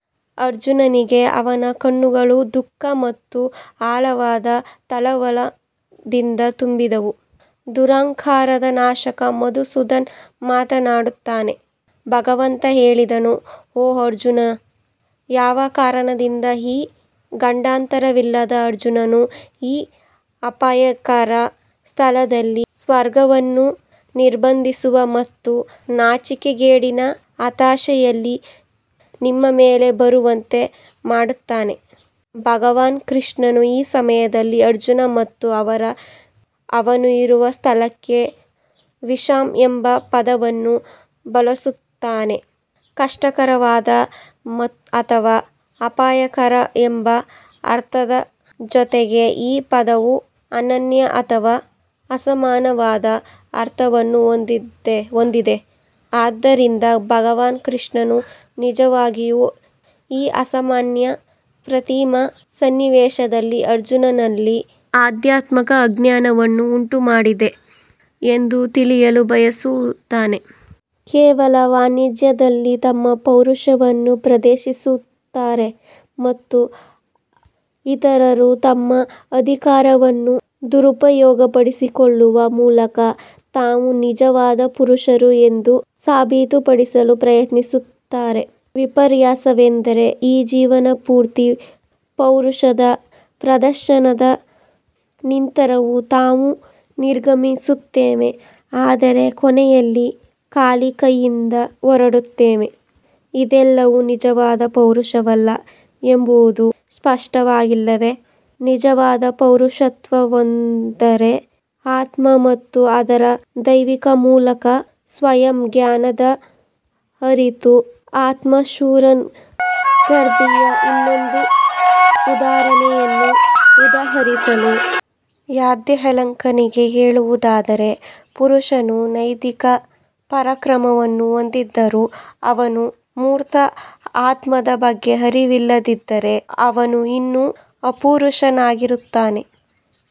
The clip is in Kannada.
ಅರ್ಜುನನಿಗೆ ಅವನ ಕಣ್ಣುಗಳು ದುಃಖ ಮತ್ತು ಆಳವಾದ ತಳಮಳದಿಂದ ತುಂಬಿದ್ದವು, ದುರಹಂಕಾರದ ನಾಶಕ ಮಧುಸೂದನ್ ಮಾತನಾಡುತ್ತಾನೆ. ಭಗವಂತನು ಹೇಳಿದನು ಓ ಅರ್ಜುನನು ಯಾವ ಕಾರಣದಿಂದ ಈ ಗಂಡಾಂತರವಿಲ್ಲದ ಅರ್ಜುನನು ಈ ಅಪಾಯಕಾರಿ ಸ್ಥಳದಲ್ಲಿ ಸ್ವರ್ಗವನ್ನು ನಿರ್ಬಂಧಿಸುವ ಮತ್ತು ನಾಚಿಕೆಗೇಡಿನ ಹತಾಶೆಯನ್ನು ನಿಮ್ಮ ಮೇಲೆ ಬರುವಂತೆ ಮಾಡುತ್ತಾನೆ ಭಗವಾನ್ ಕೃಷ್ಣನು ಆ ಸಮಯದಲ್ಲಿ ಅರ್ಜುನ್ ಮತ್ತು ಅವರು ಅವನು ಇರುವ ಸ್ಥಳಕ್ಕೆ ವಿಷಮ್ ಎಂಬ ಪದವನ್ನು ಬಳಸುತ್ತಾನೆ ಕಷ್ಟಕರವಾದ ಅಥವಾ ಅಪಾಯಕಾರಿ ಎಂಬ ಅರ್ಥದ ಜೊತೆಗೆ ಈ ಪದವು ಅನನ್ಯ ಅಥವಾ ಅಸಮಾನವಾದ ಅರ್ಥವನ್ನು ಹೊಂದಿದೆ ಆದ್ದರಿಂದ ಭಗವಾನ್ ಕೃಷ್ಣನು ನಿಜವಾಗಿಯೂ ಈ ಅಸಾಮಾನ್ಯ ಅಪ್ರತಿಮ ಸನ್ನಿವೇಶದಲ್ಲಿ ಅರ್ಜುನನಲ್ಲಿ ಆಧ್ಯಾತ್ಮಿಕ ಅಜ್ಞಾನವನ್ನು ಉಂಟುಮಾಡಿದೆ ಎಂದು ತಿಳಿಯಲು ಬಯಸುತ್ತಾನೆ. ಕೆಲವರು ವಾಣಿಜ್ಯದಲ್ಲಿ ತಮ್ಮ ಪೌರುಷವನ್ನು ಪ್ರದರ್ಶಿಸುತ್ತಾರೆ ಮತ್ತು ಇತರರು ತಮ್ಮ ಅಧಿಕಾರವನ್ನು ದುರುಪಯೋಗಪಡಿಸಿಕೊಳ್ಳುವ ಮೂಲಕ ತಾವು ನಿಜವಾದ ಪುರುಷರು ಎಂದು ಸಾಬೀತುಪಡಿಸಲು ಪ್ರಯತ್ನಿಸುತ್ತಾರೆ. ವಿಪರ್ಯಾಸವೆಂದರೆ ಈ ಜೀವನಪೂರ್ತಿ ಪೌರುಷದ ಪ್ರದರ್ಶನದ ನಂತರವೂ ನಾವು ನಿರ್ಗಮಿಸುತ್ತೇವೆ ಆದರೆ ಕೊನೆಯಲ್ಲಿ ಖಾಲಿ ಕೈಯಿಂದ ಹೊರಡುತ್ತೇವೆ ಇದೆಲ್ಲವೂ ನಿಜವಾದ ಪೌರುಷವಲ್ಲ ಎಂಬುದು ಸ್ಪಷ್ಟವಾಗಿಲ್ಲವೇ ನಿಜವಾದ ಪುರುಷತ್ವವೆಂದರೆ ಆತ್ಮ ಮತ್ತು ಅದರ ದೈವಿಕ ಮೂಲದ ಸ್ವಯಂ ಜ್ಞಾನದ ಅರಿವು ಆತ್ಮಪುರನ್ ಗಾರ್ಗಿಯ ಇನ್ನೊಂದು ಉದಾಹರಣೆಯನ್ನು ಉದಾಹರಿಸಲು ಯಾಜ್ಞವಲ್ಕ್ಯನಿಗೆ ಹೇಳುವುದಾದರೆ, ಪುರುಷನು ಲೈಂಗಿಕ ಪರಾಕ್ರಮವನ್ನು ಹೊಂದಿದ್ದರೂ ಅವನು ಮೂರ್ತ ಆತ್ಮದ ಬಗ್ಗೆ ಅರಿವಿಲ್ಲದಿದ್ದರೆ ಅವನು ಇನ್ನೂ ಅಪುರುಷನಾಗಿರುತ್ತಾನೆ.